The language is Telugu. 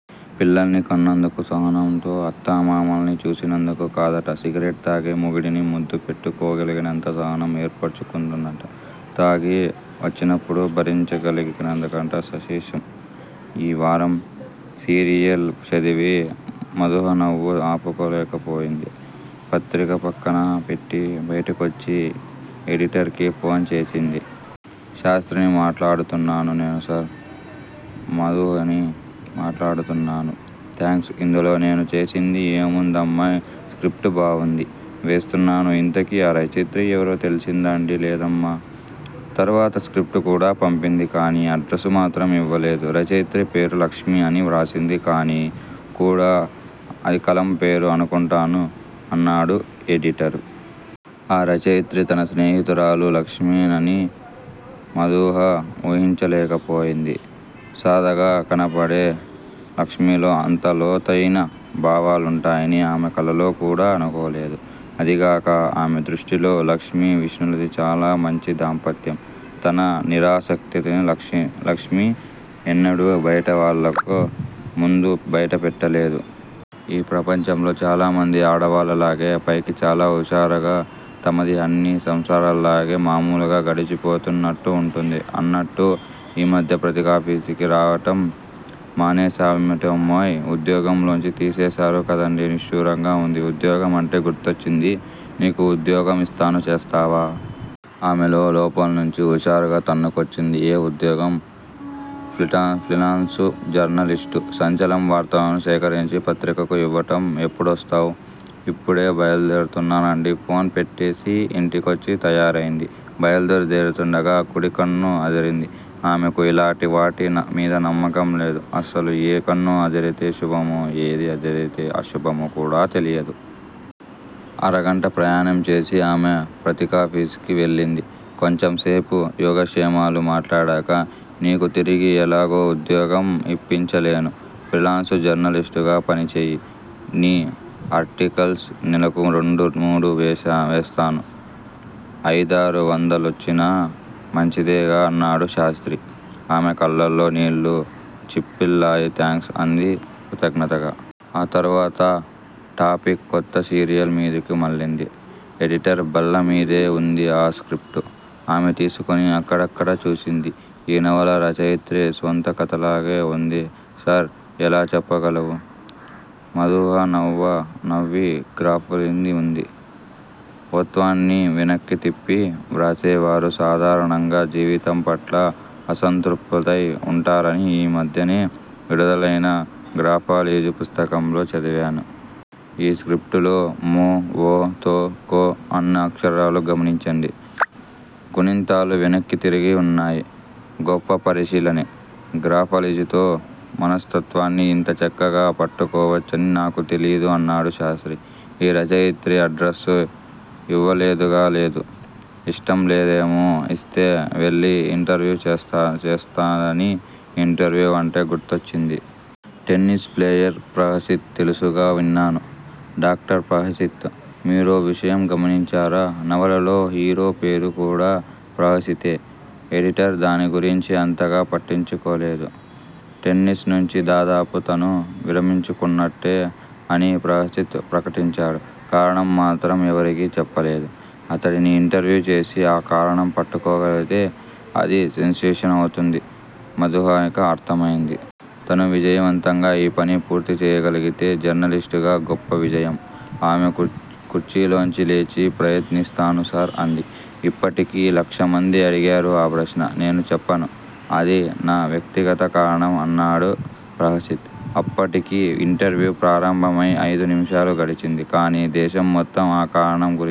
పిల్లల్ని కన్నందుకూ, సహనంతో అత్తామామల్ని చూసినందుకూ కాదట. సిగరెట్ తాగే మొగుడిని ముద్దు పెట్టుకోగలిగినంత సహనం ఏర్పర్చుకున్నందుకట. తాగి వొచ్చినప్పుడు భరించగలిగినందుకట -సశేషం. ఈ వారం సీరియల్ చదివి మధూహ నవ్వు ఆపుకో లేకపోయింది. పత్రిక పక్కన పెట్టి బయటకొచ్చి ఎడిటర్ కి ఫోన్ చేసింది. శాస్త్రిని మాట్లాడుతున్నాను నేను సర్. మదూహని మాట్లాడుతున్నాను. థాంక్స్. ఇందులో నేను చేసింది ఏముందమ్మాయ్. స్క్రిప్టు బావుంది. వేస్తున్నాను ఇంతకీ ఆ రచయిత్రి ఎవరో తెలిసిందాండీ లేదమ్మా, తరువాత స్క్రిప్టు కూడా పంపింది కానీ అడ్రసు మాత్రం ఇవ్వలేదు. రచయిత్రి పేరు 'లక్ష్మి' అని వ్రాసింది కానీ అది కూడాఅది కలం పేరు అనుకుంటాను అన్నాడు ఎడిటరు. ఆ రచయిత్రి తన స్నేహితురాలు 'లక్ష్మే' నని మధూహ వూహించలేక పోయింది. సాదాగా కనపడే లక్ష్మిలో అంత లోతయిన భావాలుంటాయని ఆమె కలలో కూడా అనుకోలేదు. అదీగాక ఆమె దృష్టిలో లక్ష్మి విష్ణులది చాలా మంచి దాంపత్యం. తన నిరాసక్తతని లక్ష్మి లక్ష్మీ ఎన్నడూ బయట వాళ్లకు ముందు బయట పెట్టలేదు. ఈ ప్రపంచంలో చాలా మంది ఆడవాళ్ళ లాగే. పైకి చాలా హుషారుగా, తమది అన్ని సంసారాల్లాగే మామూలుగా గడిచిపోతూందన్నట్టు వుంటుంది. అన్నట్టు ఈ మధ్య పత్రికాఫీసుకి రావటం మానేసావేమిటమ్మాయ్ ఉద్యోగం లోంచి తీసేసారు కదండీ నిష్ఠూరంగా అంది. ఉద్యోగం అంటే గుర్తొచ్చింది. నీకో వుద్యోగం ఇస్తాను చేస్తావా? ఆమెలో లోపల్నుంచి హుషారుగ తన్నుకొచ్చింది. ఏ ఉద్యోగం? ఫ్రీటాన్సు ఫ్రీలాన్సు జర్నలిస్టు. సంచలనం వార్తలని సేకరించి పత్రికకి ఇవ్వటం ఎప్పుడొస్తావ్? ఇప్పుడే బయల్దేరుతున్నానండి ఫోన్ పెట్టేసి ఇంటికొచ్చి తయారైంది. బయల్దేరుదేరు తుండగా కుడి కన్ను అదిరింది. ఆమెకి ఇలాటి వాటి మీద నమ్మకం లేదు. అసలు ఏ కన్ను అదిరితే శుభమో, ఏది అదిరితే అశుభమో కూడా తెలీదు. అరగంట ప్రయాణం చేసి ఆమె పత్రికాఫీసుకి వెళ్లింది. కొంచెంసేపు యోగక్షేమాలు మాట్లాడాక నీకు తిరిగి ఎలాగూ వుద్యోగం ఇప్పించలేను. ఫ్రీలాన్స్ జర్నలిస్టుగా పనిచెయ్యి. నీ ఆర్టికల్స్ నెలకు రెండు మూడు వేశాను వేస్తాను. అయిదారు వందలొచ్చినా మంచిదేగా అన్నాడు శాస్త్రి. ఆమె కళ్ళలొ నీళ్ళు చిప్పిల్లాయి థాంక్స్ అంది కృతజ్ఞతగా. ఆ తరువాత టాపిక్ కొత్త సీరియల్ మీదికి మళ్లింది. ఎడిటర్ బల్లమీదే వుంది ఆ స్క్రిప్టు. ఆమె తీసుకుని అక్కడక్కడా చూసింది. ఈ నవల రచయిత్రి స్వంత కథలాగే వుంది సర్ ఎలా చెప్పగలవు? మధూహ నవ్వ నవ్వి గ్రాఫాలజీ ఉంది అంది. ఓత్వాన్ని వెనక్కీ తిప్పి వ్రాసేవారు సాధారణంగా జీవితంపట్ల అసంతృప్తులై వుంటారని ఈ మధ్యనే విడుదలైన గ్రాఫాలజీ పుస్తకంలో చదివాను. ఈ స్క్రిప్టులో మొ, వొ, తొ, కొ అన్న అక్షరాలు గమనించండి. గుణింతాలు వెనక్కి తిరిగి వున్నాయి. గొప్ప పరిశీలనే. గ్రాఫాలజీతో మనస్తత్వాన్ని ఇంత చక్కగా పట్టుకోవచ్చని నాకు తెలీయ దు అన్నాడు శాస్త్రి. ఈ రచయిత్రి అడ్రసు ఇవ్వలేదుగా లేదు! ఇష్టం లేదేమో ఇస్తే వెళ్ళి ఇంటర్వ్యూ చేస్తా చేస్తానని ఇంటర్వ్యూ అంటే గుర్తొచ్చింది. టెన్నీస్ ప్లేయర్ ప్రహసిత్ తెలుసుగా విన్నాను. డాక్టర్ ప్రహసిత్. మీరో విషయం గమనించారా? నవలలో హీరో పేరు కూడా ప్రహసితే ఎడిటర్ దాని గురించి అంతగా పట్టించుకోలేదు. టెన్నీస్ నుంచి దాదాపు తను విరమించుకున్నట్టే అని ప్రహసిత్ ప్రకటించాడు. కారణం మాత్రం ఎవరికీ చెప్పలేదు. అతడిని ఇంటర్వ్యూ చేసి ఆ కారణం పట్టుకోగలిగితే అది సెన్సేషన్ అవుతుంది మదూహకి అర్థమైంది. తను విజయవంతంగా ఈ పని పూర్తిచేయగలిగితే జర్నలిస్ట్ గా గొప్ప విజయం! ఆమె కుర్చీ కుర్చీలోంచి లేచి, ప్రయత్నిస్తాను సర్ అంది. ఇప్పటికి లక్షమంది అడిగారు ఆ ప్రశ్న. నేను చెప్పను. అది నా వ్యక్తిగత కారణం అన్నాడు ప్రహసిత్. అప్పటికి ఇంటర్వ్యూ ప్రారంభమై అయిదు నిముషాలు గడిచింది. కానీ దేశం మొత్తం ఆ కారణం గురించి